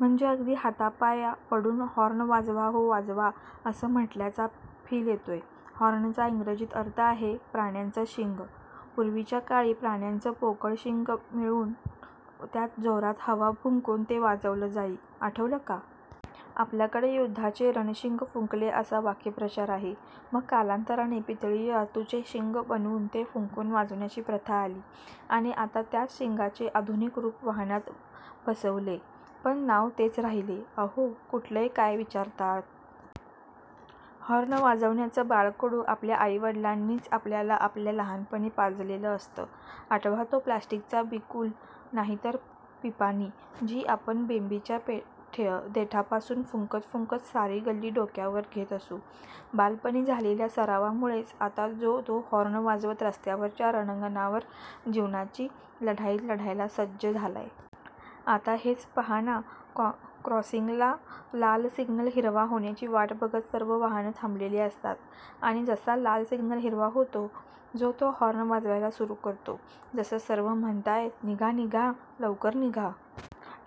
म्हणजे अगदी हातापाया पडून "हॉर्न वाजवा हो वाजवा" असं म्हटल्याचा फिल येतोय. हॉर्नचा इंग्रजीत अर्थ आहे, प्राण्यांचं शिंग. पूर्वीच्या काळी प्राण्यांचं पोकळ शिंग मिळवून त्यात जोरात हवा फुंकून ते वाजवलं जाई. आठवलं का? आपल्याकडे युद्धाचे रणशिंग फुंकले असा वाक्प्रचार आहे. मग कालांतराने पितळी धातूचे शिंग बनवून ते फुंकून वाजवण्याची प्रथा आली. आणि आता त्याच शिंगांचे आधुनिक रूप वाहनात बसवलेय. पण नांव तेच राहिले. अहो कुठलं काय विचारता? हॉर्न वाजवण्याचं बाळकडू आपल्या आईवडिलांनीच आपल्याला आपल्या लहानपणी पाजलेलं असतं. आठवा तो प्लास्टिकचा बिगुल नाहीतर पिपाणी, जी आपण बेंबीच्या देठापासून फुंकत फुंकत सारी गल्ली डोक्यावर घेत असू. बालपणी झालेल्या सरावामुळेच आता जो तो हॉर्न वाजवत रस्त्यांवरच्या रणांगणावर जीवनाची लढाई लढायला सज्ज झालाय. आता हेच पहा ना! क्रॉसिंगला लाल सिग्नल हिरवा होण्याची वाट बघत सर्व वाहनं थांबलेली असतात. आणि जसा लाल सिग्नल हिरवा होतो. जो तो हॉर्न वाजवायला सुरु करतो. जसं सर्व म्हणताहेत, "निघा! निघा! लवकर निघा!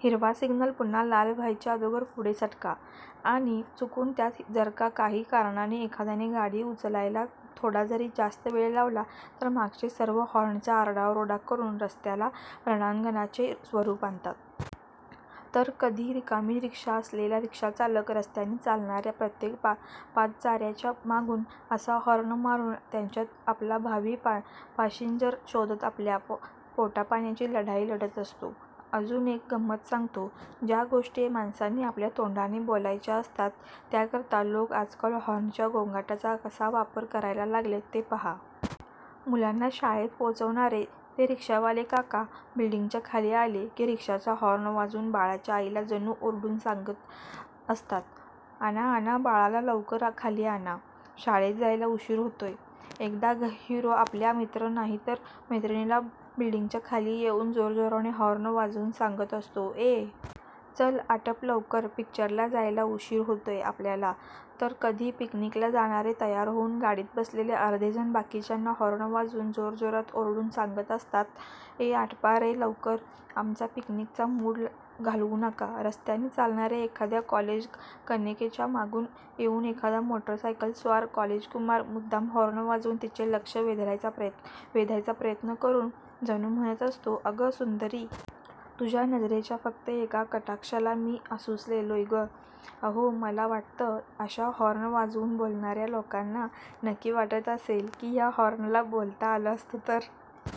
हिरवा सिग्नल पुन्हा लाल व्हायच्या अगोदर पुढे सटका. " आणि चुकून त्यात जरका काही कारणाने एखाद्याने गाडी उचलायला थोडा जरी जास्त वेळ लावला, तर मागचे सर्व हॉर्नचा आरडा ओरडा करून रस्त्याला रणांगणाचे स्वरूप आणतात. तर कधी रिकामी रिक्षा असलेला रिक्षाचालक रस्त्याने चालणाऱ्या प्रत्येक पादचाऱ्याच्या मागून असा हॉर्न मारून त्यांच्यात आपला भावी पाशींजर शोधत आपल्या पोटापाण्याची लढाई लढत असतो. अजून एक गंमत सांगतो. ज्या गोष्टी माणसांनी आपल्या तोंडाने बोलायच्या असतात त्याकरता लोकं आजकाल हॉर्नच्या गोंगाटाचा कसा वापर करायला लागलेत ते पहा! मुलांना शाळेत पोहचवणारे ते रिक्षावाले काका! बिल्डिंगच्या खाली आले, कि रिक्षाचा हॉर्न वाजवून बाळाच्या आईला जणू ओरडून सांगत असतात. "आणा! आणा! बाळाला लवकर खाली आणा. शाळेत जायला उशीर होतोय. एखादा हिरो आपल्या मित्र नाहीतर मैत्रिणीला बिल्डिंगच्या खाली येऊन जोरजोराने हॉर्न वाजवून सांगत असतो "ए! चल आटप लवकर. पिक्चरला जायला उशीर होतोय आपल्याला" तर कधी पिकनिकला जाणारे तयार होऊन गाडीत बसलेले अर्धे जण बाकीच्यांना हॉर्न वाजवून, जोरजोरात ओरडून सांगत असतात "ए आटपा रे लवकर! आमचा पिकनिकचा मूड घालवू नका" रस्त्याने चालणाऱ्या एखाद्या कॉलेज कन्यकेच्या मागून येऊन एखादा मोटरसायकलस्वार कॉलेजकुमार मुद्दाम हॉर्न वाजवून तिचे लक्ष वेधायचा प्रयत्न करून जणू म्हणत असतो "अगं सुंदरी! तुझ्या नजरेच्या फक्त एका कटाक्षाला मी आसुसलोय गं! "अहो! मला वाटतं, अशा हॉर्न वाजवून बोलणाऱ्या लोकांना नक्की वाटत असेल कि ह्या हॉर्नला बोलता आलं असतं तर